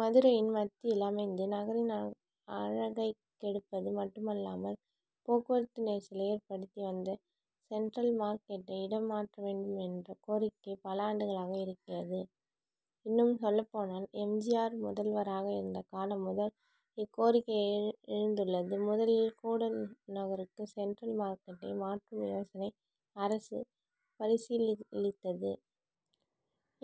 மதுரையின் மத்தியில் அமைந்து, நகரின் அழகைக் கெடுப்பது மட்டுமல்லாமல், போக்குவரத்து நெரிசலை ஏற்படுத்தி வந்த, சென்ட்ரல் மார்க்கெட்டை இடம் மாற்ற வேண்டும் என்ற கோரிக்கை, பல ஆண்டுகளாக இருக்கிறது. இன்னும் சொல்லப்போனால், எம். ஜி. ஆர்., முதல்வராக இருந்த காலம் முதல் இக்கோரிக்கை எழுந்துள்ளது. முதலில் கூடல்நகருக்கு சென்ட்ரல் மார்க்கெட்டை மாற்றும் யோசனையை அரசு பரிசீலித்தது.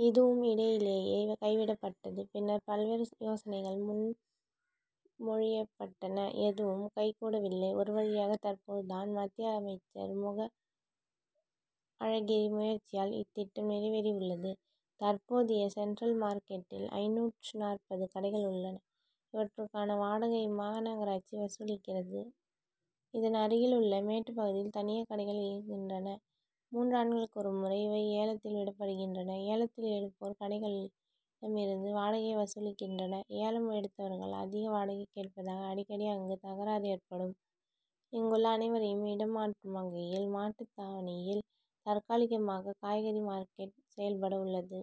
இதுவும் இடையிலேயே கைவிடப் பட்டது. பின்னர் பல்வேறு யோசனைகள் முன்மொழியப்பட்டன. எதுவும் கைகூடவில்லை. ஒரு வழியாக தற்போது தான், மத்திய அமைச்சர் மு. க. அழகிரி முயற்சியால் இத்திட்டம், நிறைவேறி உள்ளது. தற்போதைய சென்ட்ரல் மார்க்கெட்டில் ஐந்நூற்று நாற்பது கடைகள் உள்ளன. இவற்றுக்கான வாடகையைமாநகராட்சி வசூலிக்கிறது. இதன் அருகில் உள்ள மேட்டுப் பகுதியில் தனியே கடைகள் இயங்குகின்றன. மூன்று ஆண்டுகளுக்கு ஒரு முறை இவை ஏலத்தில் விடப்படுகின்றன. ஏலத்தில் எடுப்போர் கடைகளிடம் இருந்து வாடகையை வசூலிக்கின்றனர். ஏலம் எடுத்தவர்கள், அதிக வாடகை கேட்பதாக அடிக்கடி அங்கு தகராறு ஏற்படும். இங்குள்ள அனைவரையும் இடம் மாற்றும் வகையில், மாட்டுத்தாவணியில் தற்காலிகமாக காய்கறி மார்க்கெட் செயல்பட உள்ளது.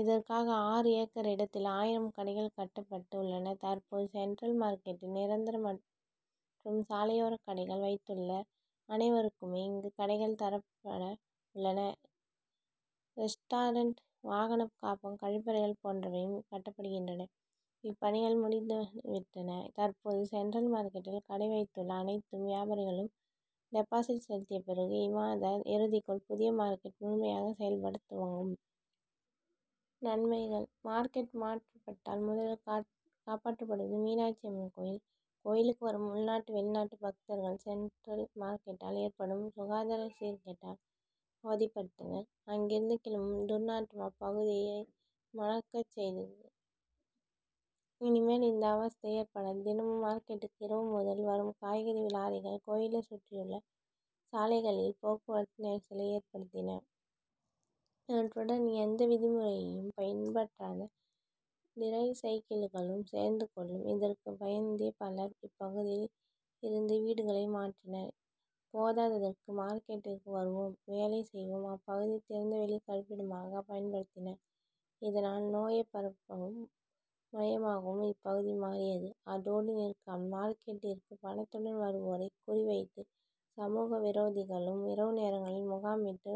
இதற்காக ஆறு ஏக்கர் இடத்தில் ஆயிரம் கடைகள் கட்டப்பட்டு உள்ளன. தற்போது சென்ட்ரல் மார்க்கெட்டில் நிரந்தர மற்றும்சாலையோர கடைகள் வைத்துள்ள அனைவருக்குமே இங்கு கடைகள் தரப்பட உள்ளன. ரெஸ்ட்டாரென்ட், வாகன காப்பகம், கழிப்பறைகள் போன்றவையும் கட்டப்படுகின்றன. இப்பணிகள் முடிந்துவிட்டன. தற்போது சென்ட்ரல் மார்க்கெட்டில் கடை வைத்துள்ள அனைத்து வியாபாரிகளும் டெபாசிட் செலுத்திய பிறகு, இம்மாத இறுதிக்குள் புதிய மார்க்கெட் முழுமையாக செயல்படத் துவங்கும். நன்மைகள்: மார்க்கெட் மாற்றப் பட்டால் முதலில் காப்பாற்றப்படுவது மீனாட்சி அம்மன் கோயில். கோயிலுக்கு வரும் உள்நாட்டு, வெளிநாட்டு பக்தர்கள், சென்ட்ரல் மார்க்கெட்டால் ஏற்படும் சுகாதார சீர்கேட்டால் அவதிப்பட்டனர். அங்கிருந்து கிளம்பும் துர்நாற்றம், அப்பகுதியையே மணக்கச் செய்தது. இனிமேல் இந்த அவஸ்தை ஏற்படாது. தினமும் மார்க்கெட்டுக்கு இரவு முதல் வரும் காய்கறி லாரிகள், கோயிலைச் சுற்றியுள்ள சாலைகளில் போக்குவரத்து நெரிசலை ஏற்படுத்தின. இவற்றுடன் எந்த விதிமுறையையும் பின்பற்றாத டிரைசைக்கிள்களும் சேர்ந்து கொள்ளும். இதற்கு பயந்தே பலர், இப்பகுதியில் இருந்தவீடுகளை மாற்றினர். போதாததற்கு மார்க்கெட்டிற்கு வருவோரும், வேலை செய்வோரும் அப்பகுதியை திறந்தவெளி கழிப்பிடமாக பயன்படுத்தினர். இதனால் நோயை பரப்பும் மையமாகவும் இப்பகுதி மாறியது. அதோடு நிற்காமல், மார்க்கெட்டிற்கு பணத்துடன் வருவோரை குறி வைத்து, சமூக விரோதிகளும் இரவு நேரங்களில் முகாமிட்டு,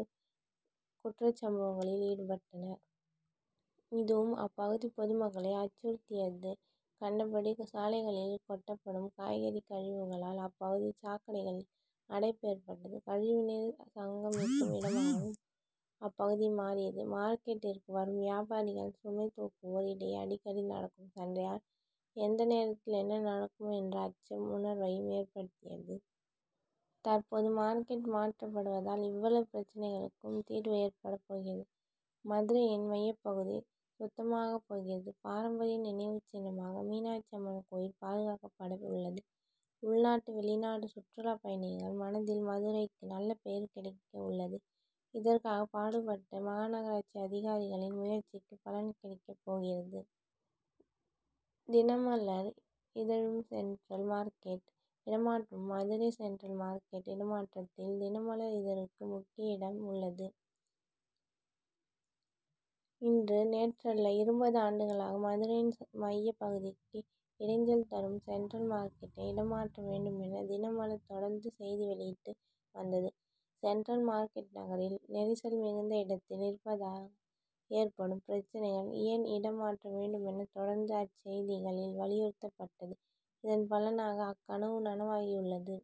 குற்றச்சம்பவங்களில் ஈடுபட்டனர். இதுவும் அப்பகுதி பொதுமக்களை அச்சுறுத்தியது. கண்டபடி சாலைகளில்கொட்டப்படும் காய்கறி கழிவுகளால், அப்பகுதி சாக்கடைகளில் அடைப்பு ஏற்பட்டது, கழிவு நீர் சங்கமிக்கும் இடமாகவும் அப்பகுதி மாறியது. மார்க்கெட்டிற்கு வரும் வியாபாரிகள், சுமை தூக்குவோர் இடையே அடிக்கடி நடக்கும் சண்டையால், எந்த நேரத்தில் என்ன நடக்குமோ என்ற அச்ச உணர்வையும் ஏற்படுத்தியது. தற்போது மார்க்கெட் மாற்றப்படுவதால், இவ்வளவு பிரச்னைகளுக்கும் தீர்வு ஏற்படப் போகிறது. மதுரையின் மையப்பகுதி சுத்தமாகப் போகிறது. பாரம்பரிய நினைவுச் சின்னமான, மீனாட்சி அம்மன் கோயில் பாதுகாக்கப்பட உள்ளது. உள்நாடு, வெளிநாட்டு சுற்றுலா பயணிகளின் மனதில் மதுரைக்கு நல்ல பெயர் கிடைக்க உள்ளது. இதற்காக பாடுபட்ட மாநகராட்சி அதிகாரிகளின் முயற்சிக்கு பலன் கிடைக்கப் போகிறது. தினமலர் இதழும்சென்ட்ரல் மார்க்கெட் இடமாற்றமும்:மதுரை சென்ட்ரல் மார்க்கெட் இடமாற்றத்தில் தினமலர் இதழுக்கு முக்கிய இடம் உள்ளது. இன்று நேற்றல்ல, இருபது ஆண்டுகளாக, மதுரையின் மைய பகுதிக்கு இடைஞ்சல் தரும் சென்ட்ரல் மார்க்கெட்டை இடமாற்ற வேண்டும் என தினமலர், தொடர்ந்து செய்தி வெளியிட்டு வந்தது. சென்ட்ரல் மார்க்கெட் நகரில் நெரிசல் மிகுந்த இடத்தில் இருப்பதால் ஏற்படும் பிரச்னைகள், ஏன் இடம் மாற்ற வேண்டும் என தொடர்ந்து அச்செய்திகளில் வலியுறுத்தப்பட்டது. இதன் பலனாக அக்கனவு, நனவாகி உள்ளது.